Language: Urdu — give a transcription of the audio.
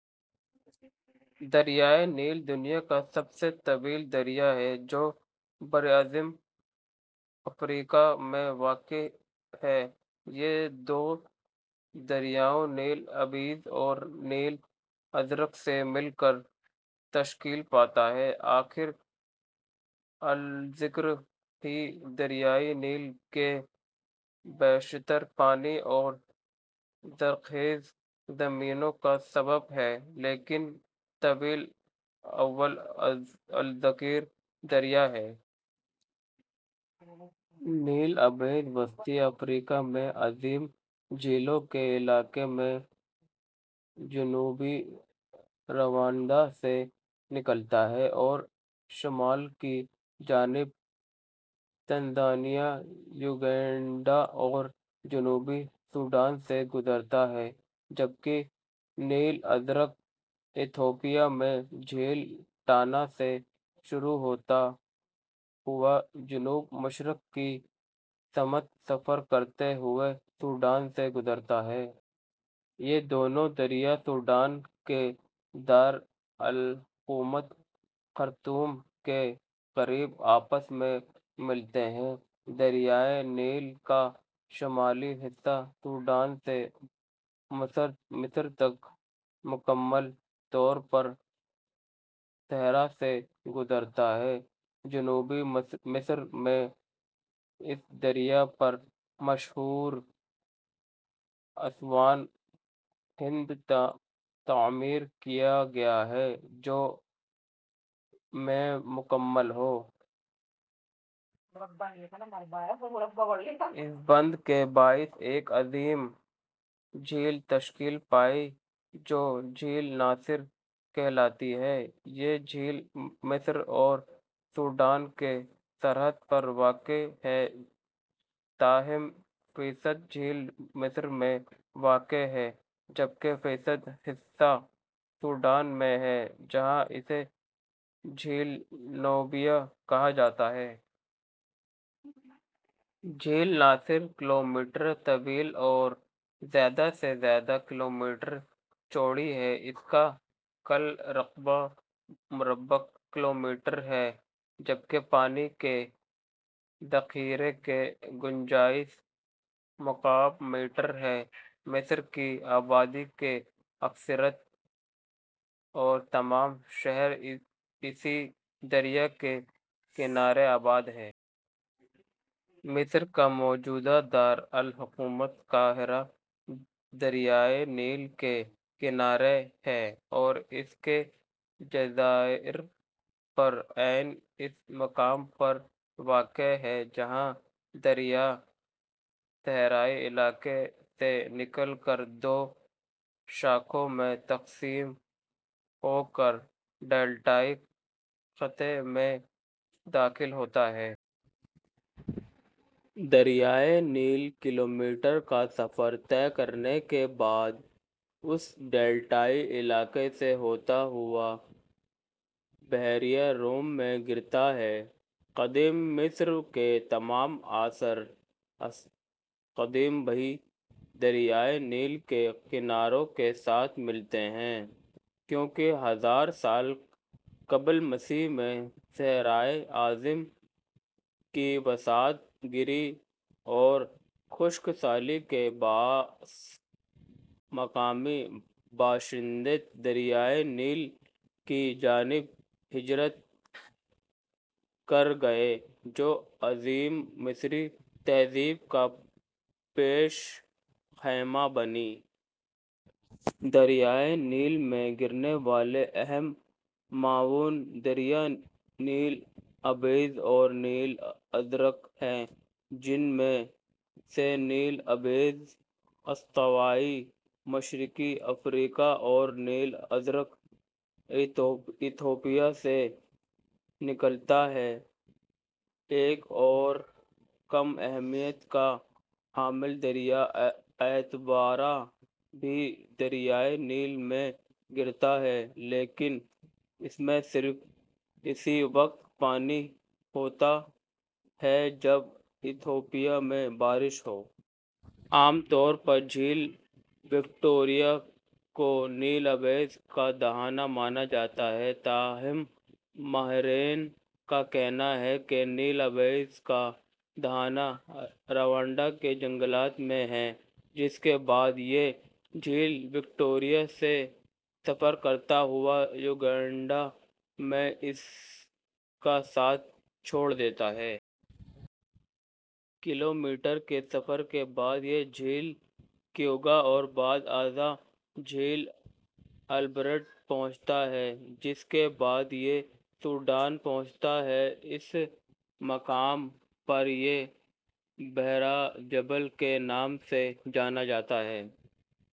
دریائے نیل دنیا کا سب سے طویل دریا ہے جو براعظم افریقا میں واقع ہے۔ یہ دو دریاؤں نیل ابیض اور نیل ازرق سے مل کر تشکیل پاتا ہے۔ آخر الذکر ہی دریائے نیل کے بیشتر پانی اور زرخیز زمینوں کا سبب ہے لیکن طویل اول الذکر دریا ہے۔ نیل ابیض وسطی افریقا میں عظیم جھیلوں کے علاقے میں جنوبی روانڈا سے نکلتا ہے اور شمال کی جانب تنزانیہ ، یوگینڈا اور جنوبی سوڈان سے گذرتا ہے، جبکہ نیل ازرق ایتھوپیا میں جھیل ٹانا سے شروع ہوتا ہوا جنوب مشرق کی سمت سفر کرتے ہوئے سوڈان سے گذرتا ہے۔ یہ دونوں دریا سوڈان کے دار الحکومت خرطوم کے قریب آپس میں ملتے ہیں۔ دریائے نیل کا شمالی حصہ سوڈان سے مصر تک مکمل طور پر صحرا سے گذرتا ہے۔ جنوبی مصر میں اس دریا پر مشہور اسوان بند تعمیر کیا گیا ہے، جو ء میں مکمل ہوا۔ اس بند کے باعث ایک عظیم جھیل تشکیل پائی جو جھیل ناصر کہلاتی ہے۔ یہ جھیل مصر اور سوڈان کی سرحد پر واقع ہے تاہم فیصد جھیل مصر میں واقع ہے، جبکہ فیصد حصہ سوڈان میں ہے جہاں اسے جھیل نوبیا کہا جاتا ہے۔ جھیل ناصر کلومیٹر طویل اور زیادہ سے زیادہ کلومیٹر چوڑی ہے۔ اس کا کل رقبہ ، مربع کلومیٹر ہے، جبکہ پانی کے ذخیرے کی گنجائش مکعب میٹر ہے۔ مصر کی آبادی کی اکثریت اور تمام شہر اسی دریا کے کنارے آباد ہیں۔ مصر کا موجودہ دار الحکومت قاہرہ دریائے نیل کے کنارے ہے اور اس کے جزائر پر عین اس مقام پر واقع ہے جہاں دریا صحرائی علاقے سے نکل کر دو شاخوں میں تقسیم ہوکر ڈیلٹائی خطے میں داخل ہوتا ہے۔ دریائے نیل ، کلومیٹر کا سفر طے کرنے کے بعد اس ڈیلٹائی علاقے سے ہوتا ہوا بحیرہ روم میں گرتا ہے۔ قدیم مصر کے تمام آثار قدیمہ بھی دریائے نیل کے کناروں کے ساتھ ملتے ہیں کیونکہ ہزار سال قبل مسیح میں صحرائے اعظم کی وسعت گیری اور خشک سالی کے باعث مقامی باشندے دریائے نیل کی جانب ہجرت کر گئے جو عظیم مصری تہذیب کا پیش خیمہ بنی۔ دریائے نیل میں گرنے والے اہم معاون دریا نیل ابیض اور نیل ازرق ہیں جن میں سے نیل ابیض استوائی مشرقی افریقہ اور نیل ازرق ایتھوپیا سے نکلتا ہے۔ ایک اور کم اہمیت کا حامل دریا اتبارا بھی دریائے نیل میں گرتا ہے لیکن اس میں صرف اسی وقت پانی ہوتا ہے جب ایتھوپیا میں بارش ہو۔ عام طور پر جھیل وکٹوریہ کو نیل ابیض کا دہانہ مانا جاتا ہے تاہم ماہرین کا کہنا ہے کہ نیل ابیض کا دہانہ روانڈا کے جنگلات میں ہے جس کے بعد یہ جھیل وکٹوریہ سے سفر کرتا ہوا یوگینڈا میں اس کا ساتھ چھوڑدیتا ہے۔ کلومیٹر کے سفر کے بعد یہ جھیل کیوگا اور بعد ازاں جھیل البرٹ پہنچتا ہے جس کے بعد یہ سوڈان پہنچتا ہے۔ اس مقام پر یہ بحر الجبل کے نام سے جانا جاتا ہے۔